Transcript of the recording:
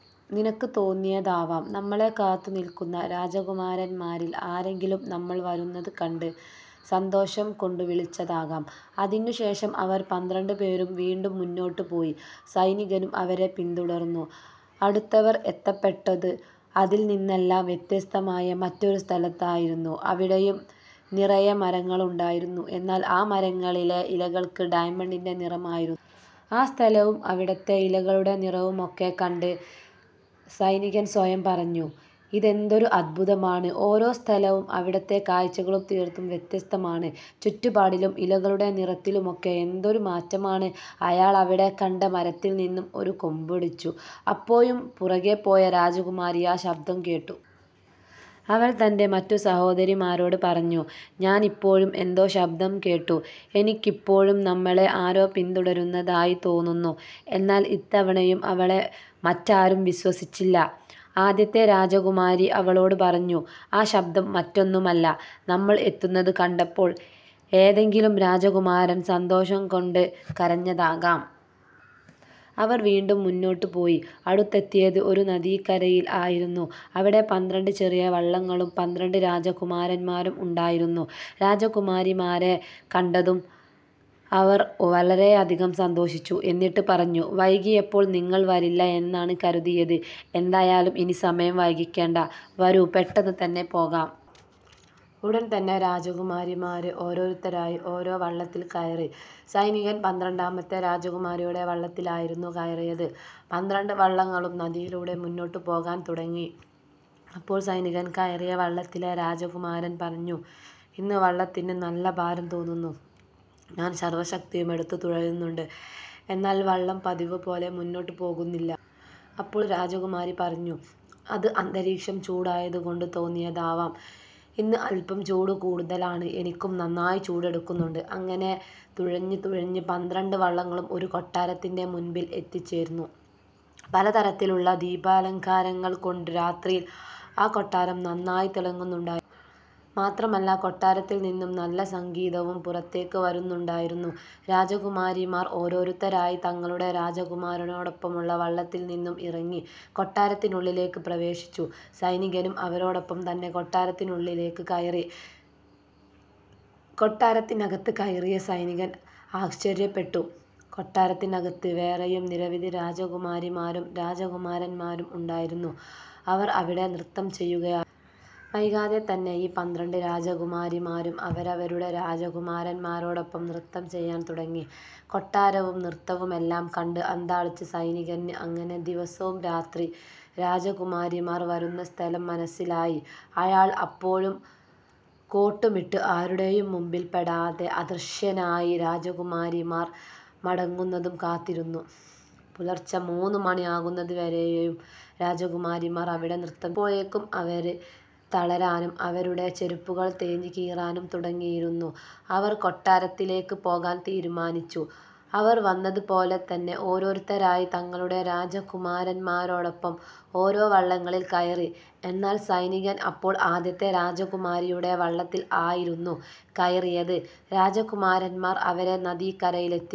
നിനക്ക് തോന്നിയതാവും. നമ്മളെ കാത്തുനിൽക്കുന്ന രാജകുമാരന്മാരിൽ ആരെങ്കിലും നമ്മൾ വരുന്നതു കണ്ട സന്തോഷം കൊണ്ടു വിളിച്ചതാകാം. " അതിനുശേഷം അവർ പന്ത്രണ്ട് പേരും വീണ്ടും മുന്നോട്ടു പോയി. സൈനികനും അവരെ പിന്തുടർന്നു. അടുത്തവർ എത്തപ്പെട്ടത് അതിൽനിന്നെല്ലാം വ്യത്യസ്തമായ മറ്റൊരു സ്ഥലത്തായിരുന്നു. അവിടെയും നിറയെ മരങ്ങളുണ്ടായിരുന്നു. എന്നാൽ ആ മരങ്ങളിലെ ഇലകൾക്ക് ഡയമണ്ടിൻ്റെ നിറമായിരുന്നു. ആ സ്ഥലവും അവിടുത്തെ ഇലകളുടെ നിറവുമൊക്കെ കണ്ട സൈനികൻ സ്വയം പറഞ്ഞു। "ഇതെന്തൊരു അത്ഭുതമാണ്. ഓരോ സ്ഥലവും അവിടത്തെ കാഴ്ചകളും തീർത്തും വ്യത്യസ്തമാണ്. ചുറ്റുപാടിലും ഇലകളുടെ നിറത്തിലുമൊക്കെ എന്തൊരു മാറ്റമാണ്. " അയാൾ അവിടെ കണ്ട മരത്തിൽ നിന്നും ഒരു കൊമ്പൊടിച്ചു. അപ്പോഴും പുറകേപോയ രാജകുമാരി ആ ശബ്ദം കേട്ടു. അവൾ തൻ്റെ മറ്റു സഹോദരിമാരോട് പറഞ്ഞു "ഞാനിപ്പോഴും എന്തോ ശബ്ദം കേട്ടു. എനിക്കിപ്പോഴും നമ്മളെ ആരോ പിന്തുടരുന്നതായി തോന്നുന്നു. " എന്നാൽ ഇത്തവണയും അവളെ മറ്റാരും വിശ്വസിച്ചില്ല. ആദ്യത്തെ രാജകുമാരി അവളോട് പറഞ്ഞു "ആ ശബ്ദം മറ്റൊന്നുമല്ല. നമ്മൾ എത്തുന്നത് കണ്ടപ്പോൾ ഏതെങ്കിലും രാജകുമാരൻ സന്തോഷംകൊണ്ട് കരഞ്ഞതാകാം. " അവർ വീണ്ടും മുന്നോട്ടു പോയി. അടുത്തെത്തിയത് ഒരു നദിക്കരയിൽ ആയിരുന്നു. അവിടെ പന്ത്രണ്ട് ചെറിയ വള്ളങ്ങളും പന്ത്രണ്ട് രാജകുമാരന്മാരും ഉണ്ടായിരുന്നു. രാജകുമാരിമാരെ കണ്ടതും അവർ വളരെയധികം സന്തോഷിച്ചു. എന്നിട്ട് പറഞ്ഞു "വൈകിയപ്പോൾ നിങ്ങൾ വരില്ല എന്നാണ് കരുതിയത്. എന്തായാലും ഇനി സമയം വൈകിക്കേണ്ട വരൂ പെട്ടെന്ന് തന്നെ പോകാം. " ഉടൻതന്നെ രാജകുമാരിമാർ ഓരോരുത്തരായി ഓരോ വള്ളത്തിൽ കയറി. സൈനികൻ പന്ത്രണ്ടാമത്തെ രാജകുമാരിയുടെ വള്ളത്തിലായിരുന്നു കയറിയത്. പന്ത്രണ്ട് വള്ളങ്ങളും നദിയിലൂടെ മുന്നോട്ടു പോകാൻ തുടങ്ങി. അപ്പോൾ സൈനികൻ കയറിയ വള്ളത്തിലെ രാജകുമാരൻ പറഞ്ഞു "ഇന്ന് വള്ളത്തിന് നല്ല ഭാരം തോന്നുന്നു. ഞാൻ സർവ്വശക്തിയുമെടുത്ത് തുഴയുന്നുണ്ട്. എന്നാൽ വള്ളം പതിവുപോലെ മുന്നോട്ടു പോകുന്നില്ല. " അപ്പോൾ രാജകുമാരി പറഞ്ഞു "അത് അന്തരീക്ഷം ചൂടായതുകൊണ്ട് തോന്നുന്നതാവാം. ഇന്ന് അല്പം ചൂട് കൂടുതലാണ്. എനിക്കും നന്നായി ചൂട് എടുക്കുന്നുണ്ട്. " അങ്ങനെ തുഴഞ്ഞ് തുഴഞ്ഞ് പന്ത്രണ്ട് വള്ളങ്ങളും ഒരു കൊട്ടാരത്തിൻ്റെ മുൻപിൽ എത്തിച്ചേർന്നു. പലതരത്തിലുള്ള ദീപാലങ്കാരങ്ങൾ കൊണ്ട് രാത്രിയിൽ ആ കൊട്ടാരം നന്നായി തിളങ്ങുന്നുണ്ടായിരുന്നു. മാത്രമല്ല കൊട്ടാരത്തിൽനിന്നും നല്ല സംഗീതവും പുറത്തേക്ക് വരുന്നുണ്ടായിരുന്നു. രാജകുമാരിമാർ ഓരോരുത്തരായി തങ്ങളുടെ രാജകുമാരന്മാരോടൊപ്പം വള്ളത്തിൽ നിന്നും ഇറങ്ങി കൊട്ടാരത്തിനുള്ളിലേക്ക് പ്രവേശിച്ചു. സൈനികനും അവരോടൊപ്പം തന്നെ കൊട്ടാരത്തിനുള്ളിലേക്ക് കയറി. കൊട്ടാരത്തിനകത്ത് കയറിയ സൈനികൻ ആശ്ചര്യപ്പെട്ടു. കൊട്ടാരത്തിനകത്ത് വേറെയും നിരവധി രാജകുമാരിമാരും രാജകുമാരന്മാരും ഉണ്ടായിരുന്നു. അവർ അവിടെ നൃത്തം ചെയ്യുകയായിരുന്നു. വൈകാതെ തന്നെ ഈ പന്ത്രണ്ട് രാജകുമാരിമാരും അവരവരുടെ രാജകുമാരന്മാരോടൊപ്പം നൃത്തം ചെയ്യാൻ തുടങ്ങി. കൊട്ടാരവും നൃത്തവുമെല്ലാം കണ്ട് അന്ധാളിച്ച സൈനികന് അങ്ങനെ ദിവസവും രാത്രി രാജകുമാരിമാർ വരുന്ന സ്ഥലം മനസ്സിലായി. അയാൾ അപ്പോഴും കോട്ടുമിട്ട് ആരുടെയും മുൻപിൽ പെടാതെ അദൃശനായി രാജകുമാരിമാർ മടങ്ങുന്നതും കാത്തിരുന്നു. പുലർച്ചെ മൂന്നുമണി ആകുന്നതുവരെയും രാജകുമാരിമാർ അവിടെ നൃത്തം ചെയ്തു. അപ്പോഴേക്കും അവർ തളരാനും അവരുടെ ചെരുപ്പുകൾ തേഞ്ഞ് കീറാനും തുടങ്ങിയിരുന്നു. അവർ കൊട്ടാരത്തിലേക്ക് പോകാൻ തീരുമാനിച്ചു. അവർ വന്നത് പോലെ തന്നെ ഓരോരുത്തരായി തങ്ങളുടെ രാജകുമാരന്മാരോടൊപ്പം ഓരോ വള്ളങ്ങളിൽ കയറി. എന്നാൽ സൈനികൻ അപ്പോൾ ആദ്യത്തെ രാജകുമാരിയുടെ വള്ളത്തിൽ ആയിരുന്നു കയറിയത്. രാജകുമാരന്മാർ അവരെ നദിക്കരയിലെത്തിച്ചു.